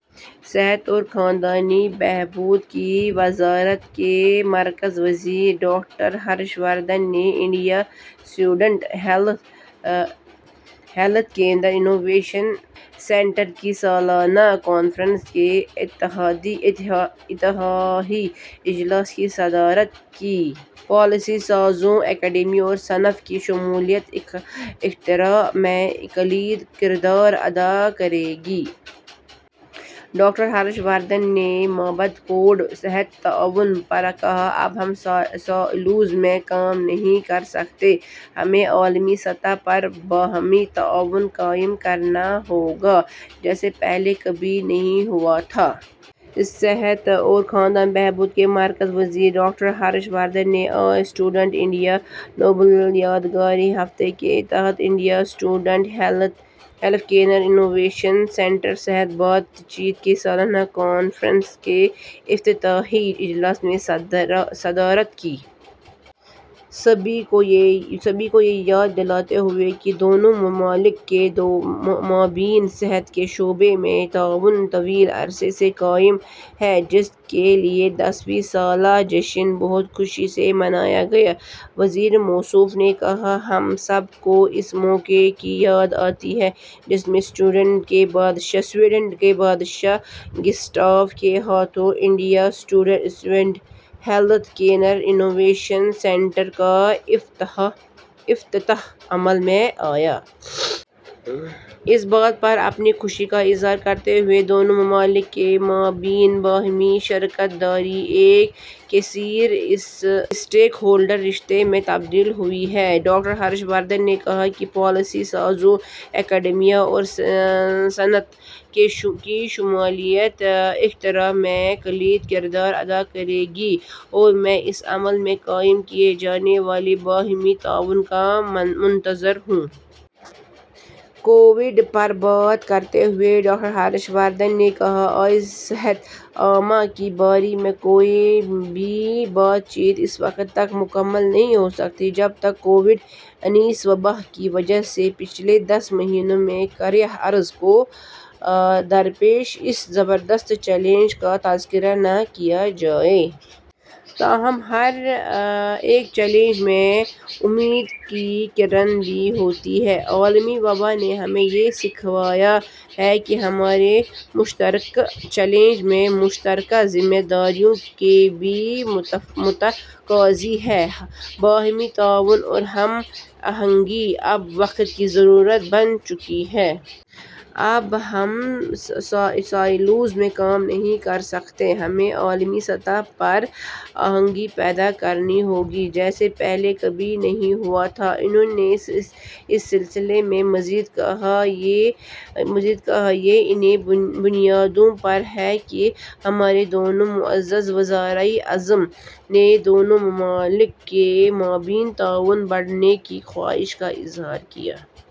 صحت اور خاندانی بہبود کی وزارت کے مرکزی وزیر ڈاکٹر ہرش وردھن نے India Sweden health care innovation centre کی سالانہ کانفرنس کے افتتاحی اجلاس کی صدارت کی۔ ’’پالیسی سازوں، اکیڈمیا اور صنعت کی شمولیت اختراع میں کلیدی کردار ادا کرے گی۔‘‘ ڈاکٹر ہرش وردھن نے مابعد کووڈ صحت تعاون پر کہا: ’’اب ہم سائلوز میں کام نہیں کر سکتے۔ ہمیں عالمی سطح پر باہمی تعاون قائم کرنا ہوگا جیسا پہلے کبھی نہیں ہوا تھا۔‘‘ صحت اور خاندانی بہبود کے مرکزی وزیر ڈاکٹر ہرش وردھن نے آج سویڈن انڈیا نوبل یادگاری ہفتہ کے تحت India Sweden health care innovation centre صحت بات چیت کی سالانہ کانفرنس کے افتتاحی اجلاس کی صدارت کی۔ سبھی کو یہ یاد دلاتے ہوئے کہ دونوں ممالک کے مابین صحت کے شعبے میں تعاون طویل عرصے سے قائم ہے، جس کے لیے دسویں سالہ جشن بہت خوشی سے منایا گیا، وزیر موصوف نے کہا، ’’ہم سب کو اس واقعہ کی یاد آتی ہے جس میں سویڈن کے بادشاہ گسٹاف کے ہاتھوں India Sweden health care innovation centre کا افتتاح عمل میں آیا۔‘‘ اس بات پر اپنی خوشی کا اظہار کرتے ہوئے کہ دونوں ممالک کے مابین باہمی شراکت داری ایک کثیر اسٹیک ہولڈر رشتے میں تبدیل ہوئی ہے، ڈاکٹر ہرش وردھن نے کہا کہ پالیسی سازوں، اکیڈمیا اور صنعت کی شمولیت اختراع میں کلیدی کردار ادا کرے گی اور میں اس عمل میں قائم کیے جانے والے باہمی تعاون کا منتظر ہوں۔ کووڈ پر بات کرتے ہوئے ڈاکٹر ہرش وردھن نے کہا، ’’آج صحت عامہ کے بارے میں کوئی بھی بات چیت اس وقت تک مکمل نہیں ہو سکتی جب تک کہ کووڈ انیس وبا کی وجہ سے پچھلے دس مہینوں میں کرۂ ارض کو درپیش اس زبردست چیلنج کا تذکرہ نہ کیا جائے۔ تاہم، ہر ایک چیلنج میں امید کی کرن بھی ہوتی ہے۔ عالمی وبا نے ہمیں یہ سکھایا ہے کہ ہمارے مشترکہ چیلنج مشترکہ ذمہ داریوں کے بھی متقاضی ہیں۔ باہمی تعاون اور ہم آہنگی اب وقت کی ضرورت بن چکے ہیں۔ اب ہم سائلوز میں کام نہیں کر سکتے۔ ہمیں عالمی سطح پر ہم آہنگی پیدا کرنا ہوگی جیسا پہلے کبھی نہیں ہوا تھا۔‘‘ انہوں نے اس سلسلے میں مزید کہا، ’’یہ انہی بنیادوں پر ہے کہ ہمارے دونوں معزز وزرائے اعظم نے دونوں ممالک کے مابین تعاون بڑھانے کی خواہش کا اظہار کیا ہے۔‘‘